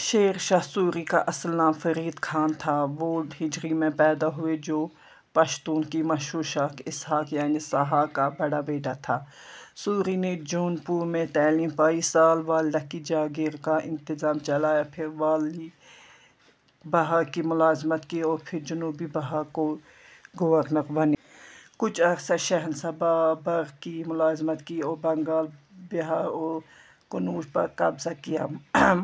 شیرشاہ سوری ، کا اصل نام فرید خان تھا۔ وہ ء میں پیدا ہوئے جو پشتون کی مشہور شاخ اسحاق یعنی سہاک کا بڑا بیٹا تھا۔ سوری نے جونپور میں تعلیم پائی۔ سال والد کی جاگیر کا انتظام چلایا پھر والئی بہار کی ملازمت کی اور پھر جنوبی بہار کے گورنر بنے۔ کچھ عرصہ شہنشاہ بابر کی ملازمت کی اور بنگال ، بہار اور قنوج پر قبضہ کیا۔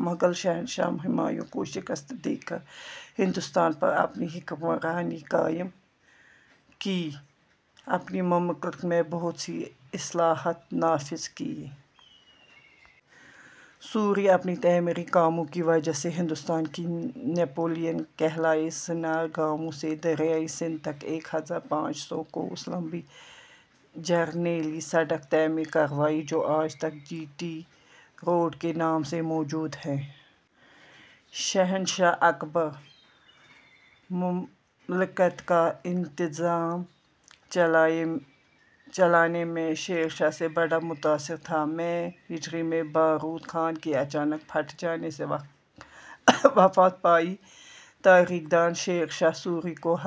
مغل شہنشاہ ہمایوں کو شکست دے کر ہندوستان پر اپنی حکمرانی قائم کی۔ اپنی مملکت میں بہت سی اصلاحات نافذ کیں۔ سوری اپنے تعمیری کاموں کی وجہ سے ہندوستان کے نپولین کہلائے سنار گاؤں سے دریائے سندھ تک ایک ہزار پانچ سو کوس لمبی جرنیلی سڑک تعمیر کروائی جو آج تک جی ٹی روڈ کے نام سے موجود ہے۔ شہنشاہ اکبر مملکت کا انتظام چلانے میں شیرشاہ سے بڑا متاثر تھا۔ مئی ء میں بارود خانہ کے اچانک پھٹ جانے سے وفات پائی۔ تاریخ دان شیر شاہ سوری کو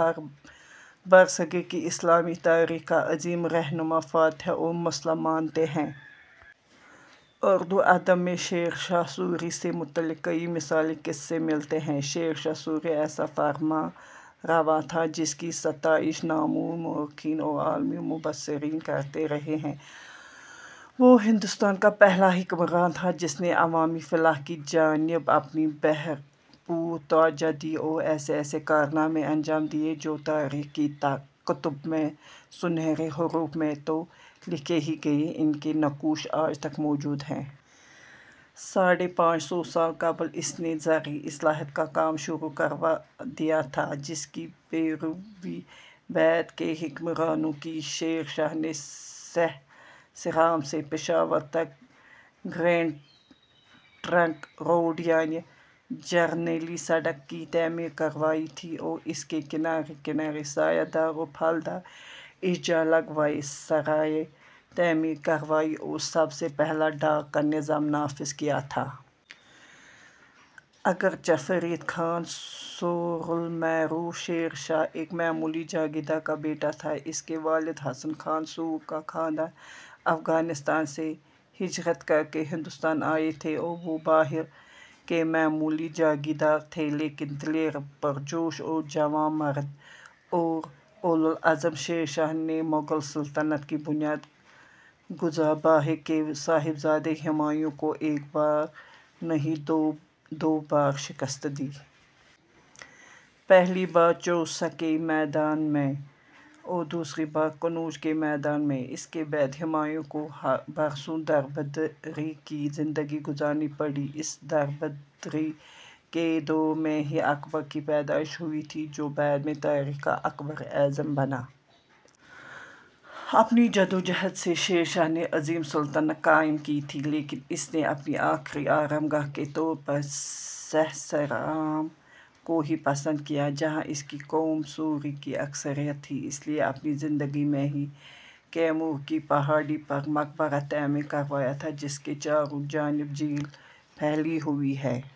برصغیر کی اسلامی تاریخ کا عظیم رہنما، فاتح اور مصلح مانتے ہیں۔ اردو ادب میں شیر شاہ سوری سے متعلق کئی مثالی قصے ملتے ہیں۔ شیر شاہ سوری ایسا فرماں روا تھا جس کی ستائش نامور مؤرخین اور عالمی مبصرین کرتے رہے ہیں۔ وہ ہندوستان کا پہلا حکمران تھا جس نے عوامی فلاح کی جانب اپنی بھرپور توجہ دی اور ایسے ایسے کارنامے انجام دیے جو تاریخ کی کتب میں سنہرے حروف میں تو لکھے ہی گئے، ان کے نقوش آج تک موجود ہیں۔ ساڑھے پانچ سو سال قبل اس نے زرعی اصلاحات کا کام شروع کروا دیا تھا، جس کی پیروی بعد کے حکمرانوں نے کی۔ شیر شاہ نے سہسرام سے پشاور تک گرینڈ ٹرنک روڈ یعنی جرنیلی سڑک کی تعمیر کروائی تھی اور اس کے کنارے کنارے سایہ دار اور پھل دار اشجار لگوائے، سرائیں تعمیر کروائیں اور سب سے پہلا ڈاک کا نظام نافذ کیا تھا۔ اگرچہ فرید خان سور المعروف شیر شاہ ایک معمولی جاگیردار کا بیٹا تھا۔ اس کے والد حسن خان سور کا خاندان افغانستان سے ہجرت کرکے ہندوستان آئے تھے اور وہ بابر کے معمولی جاگیردار تھے لیکن دلیر پرجوش اور جواں مرد اور اولو العزم شیر شاہ نے مغل سلطنت کے بنیاد گزار بابر کے صاحبزادے ہمایوں کو ایک بار نہیں دو دو بار شکست دی۔ پہلی بار چوسہ کے میدان میں اور دوسری بار قنّوج کے میدان میں۔ اُس کے بعد ہمایوں کو برسوں در بدری کی زندگی گزارنی پڑی اس در بدری کے دور میں ہی اکبر کی پیدائش ہوئی تھی جو بعد میں تاریخ کا اکبر اعظم بنا۔ اپنی جدوجہد سے شیر شاہ نے عظیم سلطنت قائم کی تھی۔ لیکن اس نے اپنی آخری آرام گاہ کے طور پر سہسرام کو ہی پسند کیا جہاں اس کی قوم سوری کی اکثریت تھی اس لیے اپنی زندگی میں ہی کیمور کی پہاڑی پر مقبرہ تعمیر کروایا تھا جس کے چاروں جانب جھیل پھیلی ہوئی ہے۔